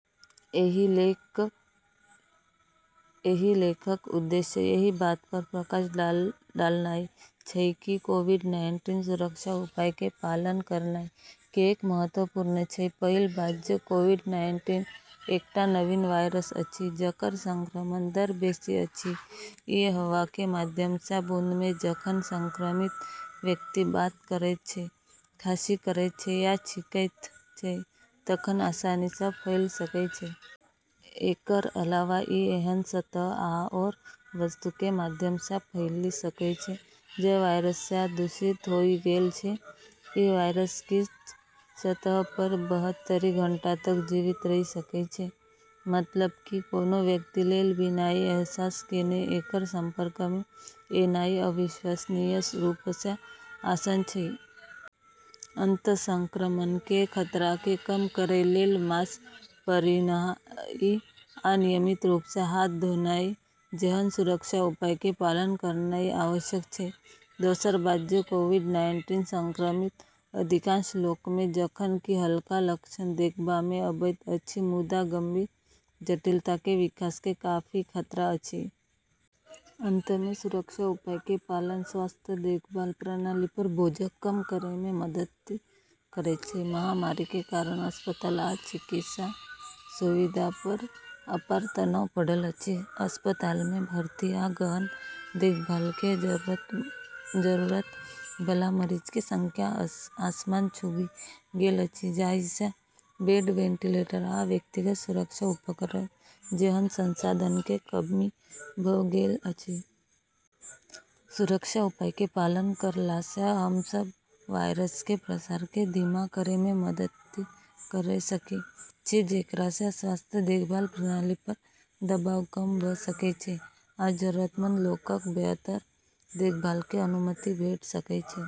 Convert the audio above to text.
एहि लेख क' उद्देश्य एहि बात पर प्रकाश डालनाइ छै कि कोविड-नाइन्टीन सुरक्षा उपायके पालन करनाइ किएक महत्वपूर्ण छै। पहिल बात जे कोविड-नाइन्टीन एकटा नवीन वायरस अछि जकर संक्रमण दर बेसी अछि। ई हवाके माध्यमसँ, बूंदमे, जखन संक्रमित व्यक्ति बात करैत छै, खांसी करैत छै या छींकैत छै तखन आसानीसँ फैलि सकै छै । एकर अलावा ई एहन सतह आओर वस्तुके माध्यमसँ फैलि सकै छै जे वायरससँ दूषित होइ गेल छै। ई वायरस किछ सतहऽ पर बहत्तरि घंटा तक जीवित रहि सकै छै, मतलब कि कोनो व्यक्ति लेल बिना ई अहसास केने एकर संपर्कमे एनाइ अविश्वसनीय रूपसँ आसान छै। अत: संक्रमणके खतराके कम करै लेल मास्क पहिरनाइ आ नियमित रूपसँ हाथ धोनाइ जेहन सुरक्षा उपायके पालन करनाइ आवश्यक छै । दोसर बात जे कोविड-नाइन्टीन संक्रमित अधिकांश लोकमे जखन कि हल्का लक्षण देखबामे अबैत अछि, मुदा गंभीर जटिलताके विकासके काफी खतरा अछि । अंतमे, सुरक्षा उपायके पालन स्वास्थ्य देखभाल प्रणाली पर बोझक कम करैमे मदति करैत छै । महामारीके कारण अस्पताल आ चिकित्सा सुविधा पर अपार तनाव पड़ल अछि। अस्पतालमे भर्ती आ गहन देखभालके जरूरतबला मरीजके संख्या आसमान छूबि गेल अछि, जाहिसँ बेड, वेंटिलेटर, आ व्यक्तिगत सुरक्षा उपकरण जेहन संसाधनके कमी भ' गेल अछि । सुरक्षा उपायके पालन करलासँ हमसब वायरसकेँ प्रसारकेँ धीमा करेमे मदति करि सकै छी, जेकरासँ स्वास्थ्य देखभाल प्रणाली पर दबाव कम भ' सकै छै आ जरूरतमंद लोकक बेहतर देखभालकें अनुमति भेट सकै छै ।